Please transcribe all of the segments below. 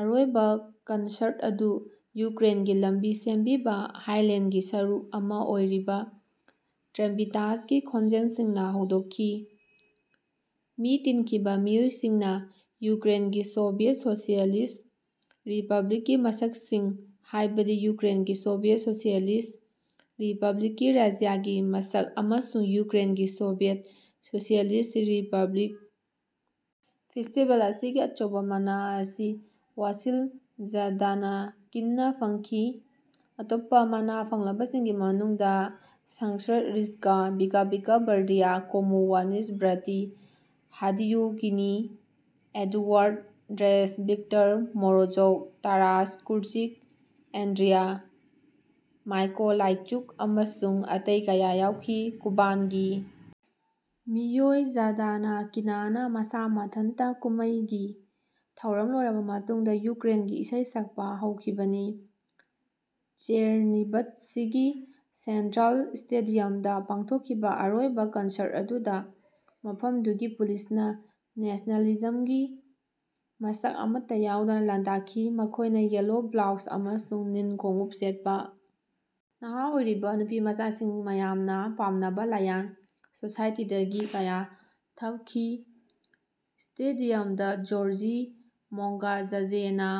ꯑꯔꯣꯏꯕꯥ ꯀꯟꯁꯔꯠ ꯑꯗꯨ ꯌꯨꯀ꯭ꯔꯦꯟꯒꯤ ꯂꯝꯕꯤ ꯁꯦꯝꯕꯤꯕꯥ ꯍꯥꯏꯂꯦꯟꯗꯒꯤ ꯁꯔꯨꯛ ꯑꯃꯥ ꯑꯣꯏꯔꯤꯕꯥ ꯇ꯭ꯔꯦꯝꯕꯤꯇꯥꯁꯀꯤ ꯈꯣꯟꯖꯦꯜꯁꯤꯡꯅꯥ ꯍꯧꯗꯣꯛꯈꯤ꯫ ꯃꯤ ꯇꯤꯟꯈꯤꯕꯥ ꯃꯤꯑꯣꯏꯁꯤꯡꯅꯥ ꯌꯨꯀ꯭ꯔꯦꯟꯒꯤ ꯁꯣꯚꯤꯌꯦꯠ ꯁꯣꯁꯤꯌꯦꯂꯤꯁꯠ ꯔꯤꯄ꯭ꯂꯕꯤꯛꯀꯤ ꯃꯁꯛꯁꯤꯡ ꯍꯥꯏꯕꯗꯤ ꯌꯨꯀ꯭ꯔꯦꯟꯒꯤ ꯁꯣꯚꯤꯌꯦꯠ ꯁꯣꯁꯤꯌꯦꯂꯤꯁꯠ ꯔꯤꯄ꯭ꯂꯕꯤꯛꯀꯤ ꯔꯥꯖ꯭ꯌꯒꯤ ꯃꯁꯛ ꯑꯃꯁꯨꯡ ꯌꯨꯀ꯭ꯔꯦꯟꯒꯤ ꯁꯣꯚꯤꯌꯦꯠ ꯁꯣꯁꯤꯌꯦꯂꯤꯁꯠ ꯔꯤꯄ꯭ꯂꯕꯤꯛ ꯐꯦꯁ꯭ꯇꯤꯕꯦꯜ ꯑꯁꯤꯒꯤ ꯑꯆꯧꯕꯥ ꯃꯅꯥ ꯑꯁꯤ ꯋꯥꯁꯤꯜ ꯓꯥꯗꯅꯀꯤꯟꯅꯥ ꯐꯪꯈꯤ ꯑꯇꯣꯞꯄꯥ ꯃꯅꯥ ꯐꯪꯂꯕꯁꯤꯡꯒꯤ ꯃꯅꯨꯡꯗꯥ ꯁꯪꯁ꯭ꯠꯔꯤꯆꯀꯥ ꯚꯤꯀꯥ ꯚꯤꯀꯥ ꯕ꯭ꯔꯗꯤꯌ Komu Vnyz Braty Hadiukiny Eduard Drach Viktor Morozov Taras Kurchyk Andriy Mykolaichuk ꯑꯃꯁꯨꯡ ꯑꯇꯩ ꯀꯌꯥ ꯌꯥꯎꯈꯤ꯫ ꯀꯨꯕꯥꯟꯒꯤ ꯃꯤꯑꯣꯏ ꯓꯥꯗꯅꯀꯤꯅꯅꯥ ꯃꯁꯥ ꯃꯊꯟꯇꯥ ꯀꯨꯝꯃꯩꯒꯤ ꯊꯧꯔꯝ ꯂꯣꯏꯔꯕꯥ ꯃꯇꯨꯡꯗꯥ ꯌꯨꯀ꯭ꯔꯦꯟꯒꯤ ꯏꯁꯩ ꯁꯛꯄꯥ ꯍꯧꯈꯤꯕꯅꯤ꯫ ꯆ꯭ꯌꯔꯅꯤꯚꯠꯁꯤꯒꯤ ꯁꯦꯟꯇ꯭ꯔꯦꯜ ꯁ꯭ꯇꯦꯗꯤꯌꯝꯗꯥ ꯄꯥꯡꯊꯣꯛꯈꯤꯕꯥ ꯑꯔꯣꯏꯕꯥ ꯀꯟꯁꯔꯠ ꯑꯗꯨꯗꯥ ꯃꯐꯝꯗꯨꯒꯤ ꯄꯨꯂꯤꯁꯅꯥ ꯅꯦꯁ꯭ꯅꯦꯂꯤꯖꯝꯒꯤ ꯃꯁꯛ ꯑꯃꯠꯇꯥ ꯌꯥꯎꯗꯅꯥ ꯂꯥꯟꯗꯥꯈꯤ ꯃꯈꯣꯏꯅꯥ ꯌꯦꯜꯂꯣ ꯕ꯭ꯂꯣꯎꯖ ꯑꯃꯁꯨꯡ ꯅꯤꯜ ꯈꯣꯡꯎꯞ ꯁꯦꯠꯄꯥ ꯅꯍꯥ ꯑꯣꯏꯔꯤꯕꯥ ꯅꯨꯄꯤꯃꯆꯥꯁꯤꯡ ꯃꯌꯥꯝꯅꯥ ꯄꯥꯝꯅꯕꯥ ꯂꯥꯌꯟ ꯁꯣꯁꯥꯏꯇꯤꯗꯒꯤ ꯀꯌꯥ ꯊꯞꯈꯤ꯫ ꯁ꯭ꯇꯦꯗꯤꯌꯝꯗꯥ ꯖꯣꯔꯖꯤ ꯃꯣꯡꯒꯥꯖ꯭ꯖꯦꯅꯥ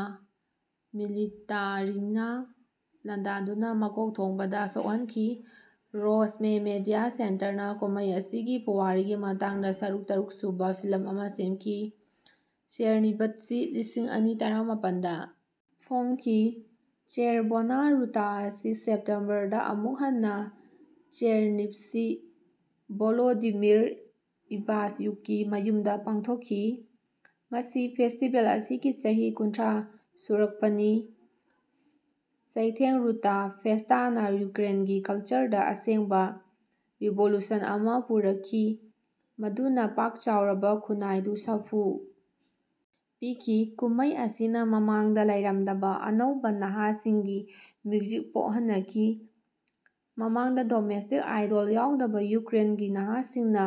ꯃꯤꯂꯤꯇꯔꯤꯅꯥ ꯂꯥꯟꯗꯥꯗꯨꯅꯥ ꯃꯀꯣꯛꯊꯣꯡꯕꯗꯥ ꯁꯣꯛꯍꯟꯈꯤ꯫ ꯔꯣꯁꯃꯦ ꯃꯤꯗꯤꯌꯥ ꯁꯦꯟꯇꯔꯅꯥ ꯀꯨꯝꯃꯩ ꯑꯁꯤꯒꯤ ꯄꯨꯋꯥꯔꯤꯒꯤ ꯃꯇꯥꯡꯗꯥ ꯁꯔꯨꯛ ꯇꯔꯨꯛ ꯁꯨꯕꯥ ꯐꯤꯂꯝ ꯑꯃꯥ ꯁꯦꯝꯈꯤ꯫ ꯆ꯭ꯌꯔꯅꯤꯚꯠꯁꯤ ꯂꯤꯁꯤꯡ ꯑꯅꯤ ꯇꯔꯥꯃꯥꯄꯟꯗꯥ ꯐꯣꯡꯈꯤ ꯆꯦꯔꯚꯣꯅꯥ ꯔꯨꯇꯥ ꯑꯁꯤ ꯁꯦꯞꯇꯦꯝꯕꯔ ꯗꯥ ꯑꯃꯨꯛ ꯍꯟꯅꯥ ꯆꯦꯔꯅꯤꯚꯁꯤ ꯚꯣꯂꯣꯗꯤꯃꯤꯔ ꯏꯚꯥꯁ꯭ꯌꯨꯛꯀꯤ ꯃꯌꯨꯝꯗꯥ ꯄꯥꯡꯊꯣꯛꯈꯤ꯫ ꯃꯁꯤ ꯐꯦꯁ꯭ꯇꯤꯕꯦꯜ ꯑꯁꯤꯒꯤ ꯆꯍꯤ ꯀꯨꯟꯊ꯭ꯔꯥ ꯁꯨꯔꯛꯄꯅꯤ꯫ ꯆꯩꯊꯦꯡ ꯔꯨꯇꯥ ꯐꯦꯁ꯭ꯇꯅꯥ ꯌꯨꯀ꯭ꯔꯦꯟꯒꯤ ꯀꯜꯆꯔꯗꯥ ꯑꯁꯦꯡꯕꯥ ꯔꯤꯚꯣꯂꯨꯁꯟ ꯑꯃꯥ ꯄꯨꯔꯛꯈꯤ ꯃꯗꯨꯅꯥ ꯄꯥꯛ ꯆꯥꯎꯔꯕꯥ ꯈꯨꯟꯅꯥꯏꯗꯨ ꯁꯥꯐꯨ ꯄꯤꯈꯤ꯫ ꯀꯨꯝꯃꯩ ꯑꯁꯤꯅꯥ ꯃꯃꯥꯡꯗꯥ ꯂꯩꯔꯝꯗꯕꯥ ꯑꯅꯧꯕꯥ ꯅꯍꯥꯁꯤꯡꯒꯤ ꯃ꯭ꯌꯨꯖꯤꯛ ꯄꯣꯀꯍꯟꯅꯈꯤ꯫ ꯃꯃꯥꯡꯗꯥ ꯗꯣꯃꯦꯁ꯭ꯇꯤꯛ ꯑꯥꯏꯗꯣꯜ ꯌꯥꯎꯗꯕꯥ ꯌꯨꯀ꯭ꯔꯦꯟꯒꯤ ꯅꯍꯥꯁꯤꯡꯅꯥ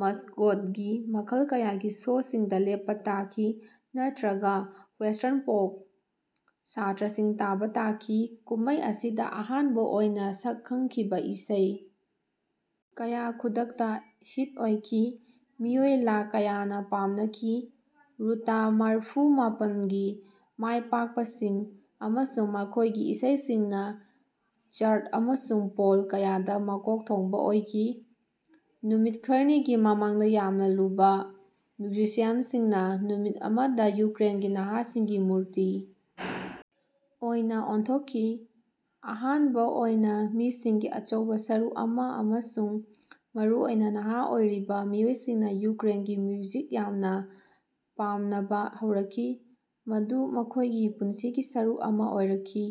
ꯃꯁ꯭ꯀꯣꯗꯒꯤ ꯃꯈꯜ ꯀꯌꯥꯒꯤ ꯁꯣꯁꯤꯡꯗꯥ ꯂꯦꯞꯄꯥ ꯇꯥꯈꯤ ꯅꯠꯇ꯭ꯔꯒꯥ ꯋꯦꯁ꯭ꯇꯔꯟ ꯄꯣꯞ ꯁꯇ꯭ꯔꯥꯁꯤꯡ ꯇꯥꯕꯥ ꯇꯥꯈꯤ꯫ ꯀꯨꯝꯃꯩ ꯑꯁꯤꯗꯥ ꯑꯍꯥꯟꯕꯥ ꯑꯣꯏꯅꯥ ꯁꯛꯈꯪꯈꯤꯕꯥ ꯏꯁꯩ ꯀꯌꯥ ꯈꯨꯗꯛꯇꯥ ꯍꯤꯠ ꯑꯣꯏꯈꯤ ꯃꯤꯑꯣꯏ ꯂꯥꯈ ꯀꯌꯥꯅꯥ ꯄꯥꯝꯅꯈꯤ꯫ ꯔꯨꯇꯥ ꯃꯔꯐꯨ ꯃꯥꯄꯟꯒꯤ ꯃꯥꯏꯄꯥꯛꯄꯁꯤꯡ ꯑꯃꯁꯨꯡ ꯃꯈꯣꯏꯒꯤ ꯏꯁꯩꯁꯤꯡꯅꯥ ꯆꯥꯔꯠ ꯑꯃꯁꯨꯡ ꯄꯣꯜ ꯀꯌꯥꯗꯥ ꯃꯀꯣꯛ ꯊꯣꯡꯕꯥ ꯑꯣꯏꯈꯤ꯫ ꯅꯨꯃꯤꯠ ꯈꯔꯅꯤꯒꯤ ꯃꯃꯥꯡꯗꯥ ꯌꯥꯝꯅꯥ ꯂꯨꯕꯥ ꯃ꯭ꯌꯨꯖꯤꯁꯤꯌꯥꯟꯁꯤꯡꯅꯥ ꯅꯨꯃꯤꯠ ꯑꯃꯗꯥ ꯌꯨꯀ꯭ꯔꯦꯟꯒꯤ ꯅꯍꯥꯁꯤꯡꯒꯤ ꯃꯨꯔꯇꯤ ꯑꯣꯏꯅꯥ ꯑꯣꯟꯊꯣꯛꯈꯤ꯫ ꯑꯍꯥꯟꯕꯥ ꯑꯣꯏꯅꯥ ꯃꯤꯁꯤꯡꯒꯤ ꯑꯆꯧꯕꯥ ꯁꯔꯨꯛ ꯑꯃꯥ ꯑꯃꯁꯨꯡ ꯃꯔꯨ ꯑꯣꯏꯅꯥ ꯅꯍꯥ ꯑꯣꯏꯔꯤꯕꯥ ꯃꯤꯑꯣꯏꯁꯤꯡꯅꯥ ꯌꯨꯀ꯭ꯔꯦꯟꯒꯤ ꯃ꯭ꯌꯨꯖꯤꯛ ꯌꯥꯝꯅꯥ ꯄꯥꯝꯅꯕꯥ ꯍꯧꯔꯛꯈꯤ ꯃꯗꯨ ꯃꯈꯣꯏꯒꯤ ꯄꯨꯟꯁꯤꯒꯤ ꯁꯔꯨꯛ ꯑꯃꯥ ꯑꯣꯏꯔꯛꯈꯤ꯫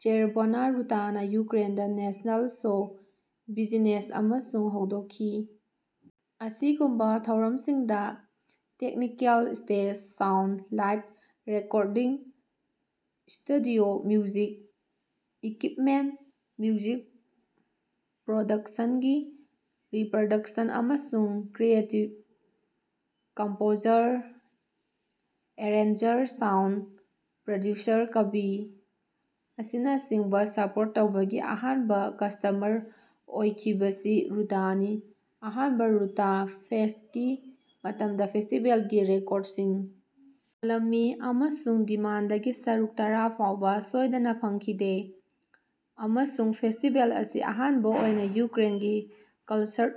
ꯆꯦꯔꯚꯣꯅꯥ ꯔꯨꯇꯥꯅꯥ ꯌꯨꯀ꯭ꯔꯦꯟꯗꯥ ꯅꯦꯁ꯭ꯅꯦꯜ ꯁꯣ ꯕꯤꯖꯤꯅꯦꯁ ꯑꯃꯁꯨ ꯍꯧꯗꯣꯛꯈꯤ꯫ ꯑꯁꯤꯒꯨꯝꯕꯥ ꯊꯧꯔꯝꯁꯤꯡꯗꯥ technical stage sound light recording studio music equipment music ꯄ꯭ꯔꯣꯗꯛꯁꯟꯒꯤ ꯔꯤꯄ꯭ꯔꯗꯛꯁꯟ ꯑꯃꯁꯨꯡ creative composer arranger sound producer ꯀꯕꯤ ꯑꯁꯤꯅꯆꯤꯡꯕꯥ ꯁꯄꯣꯔꯠ ꯇꯧꯕꯒꯤ ꯑꯍꯥꯟꯕꯥ ꯀꯁ꯭ꯇꯃꯔ ꯑꯣꯏꯈꯤꯕꯁꯤ ꯔꯨꯇꯥꯅꯤ꯫ ꯑꯍꯥꯟꯕꯥ ꯔꯨꯇꯥ ꯐꯦꯁ꯭ꯠꯀꯤ ꯃꯇꯝꯗꯥ ꯐꯦꯁ꯭ꯇꯤꯕꯦꯜꯒꯤ ꯔꯦꯀꯣꯔꯗꯁꯤꯡ ꯌꯣꯜꯂꯝꯃꯤ ꯑꯃꯁꯨꯡ ꯗꯤꯃꯥꯟꯗꯒꯤ ꯁꯔꯨꯛ ꯇꯔꯥ ꯐꯥꯎꯕꯥ ꯁꯣꯏꯗꯅꯥ ꯐꯪꯈꯤꯗꯦ꯫ ꯑꯃꯁꯨꯡ ꯐꯦꯁ꯭ꯇꯤꯕꯦꯜ ꯑꯁꯤ ꯑꯍꯥꯟꯕꯥ ꯑꯣꯏꯅꯥ ꯌꯨꯀ꯭ꯔꯦꯟꯒꯤ ꯀꯟꯁꯔꯠ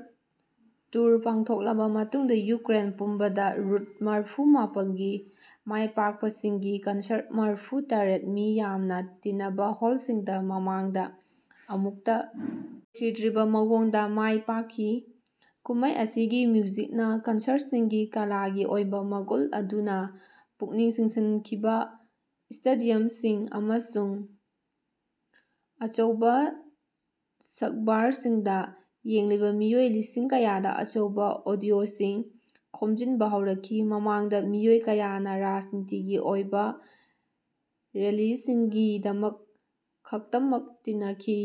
ꯇꯨꯔ ꯄꯥꯡꯊꯣꯛꯂꯕꯥ ꯃꯇꯨꯡꯗꯥ ꯌꯨꯀ꯭ꯔꯦꯟ ꯄꯨꯝꯕꯗꯥ ꯔꯨꯊ ꯃꯔꯐꯨ ꯃꯥꯄꯟꯒꯤ ꯃꯥꯏꯄꯥꯛꯄꯁꯤꯡꯒꯤ ꯀꯟꯁꯔꯠ ꯃꯔꯐꯨ ꯇꯔꯦꯠ ꯃꯤ ꯌꯥꯝꯅꯥ ꯇꯤꯅꯕꯥ ꯍꯣꯜꯁꯤꯡꯗꯥ ꯃꯃꯥꯡꯗꯥ ꯑꯃꯨꯛꯇꯥ ꯑꯣꯏꯈꯤꯗ꯭ꯔꯤꯕꯥ ꯃꯑꯣꯡꯗꯥ ꯃꯥꯏꯄꯥꯛꯈꯤ꯫ ꯀꯨꯝꯃꯩ ꯑꯁꯤꯒꯤ ꯃ꯭ꯌꯨꯖꯤꯛꯅꯥ ꯀꯟꯁꯔꯠꯁꯤꯡꯒꯤ ꯀꯂꯥꯒꯤ ꯑꯣꯏꯕꯥ ꯃꯒꯨꯟ ꯑꯗꯨꯅꯥ ꯄꯨꯛꯅꯤꯡ ꯆꯤꯡꯁꯤꯟꯈꯤꯕꯥ ꯁ꯭ꯇꯦꯗꯤꯌꯝꯁꯤꯡ ꯑꯃꯁꯨꯡ ꯑꯆꯧꯕꯥ ꯁꯛꯕꯥꯔꯁꯤꯡꯗꯥ ꯌꯦꯡꯂꯤꯕꯥ ꯃꯤꯑꯣꯏ ꯂꯤꯁꯤꯡ ꯀꯌꯥꯗꯥ ꯑꯆꯧꯕꯥ ꯑꯣꯗꯤꯑꯣꯁꯤꯡ ꯈꯣꯝꯖꯤꯟꯕꯥ ꯍꯧꯔꯛꯈꯤ ꯃꯃꯥꯡꯗꯥ ꯃꯤꯑꯣꯏ ꯀꯌꯥꯅꯥ ꯔꯥꯖꯅꯤꯇꯤꯒꯤ ꯑꯣꯏꯕꯥ ꯔꯦꯂꯤꯁꯤꯡꯒꯤꯗꯃꯛ ꯈꯛꯇꯃꯛ ꯇꯤꯅꯈꯤ꯫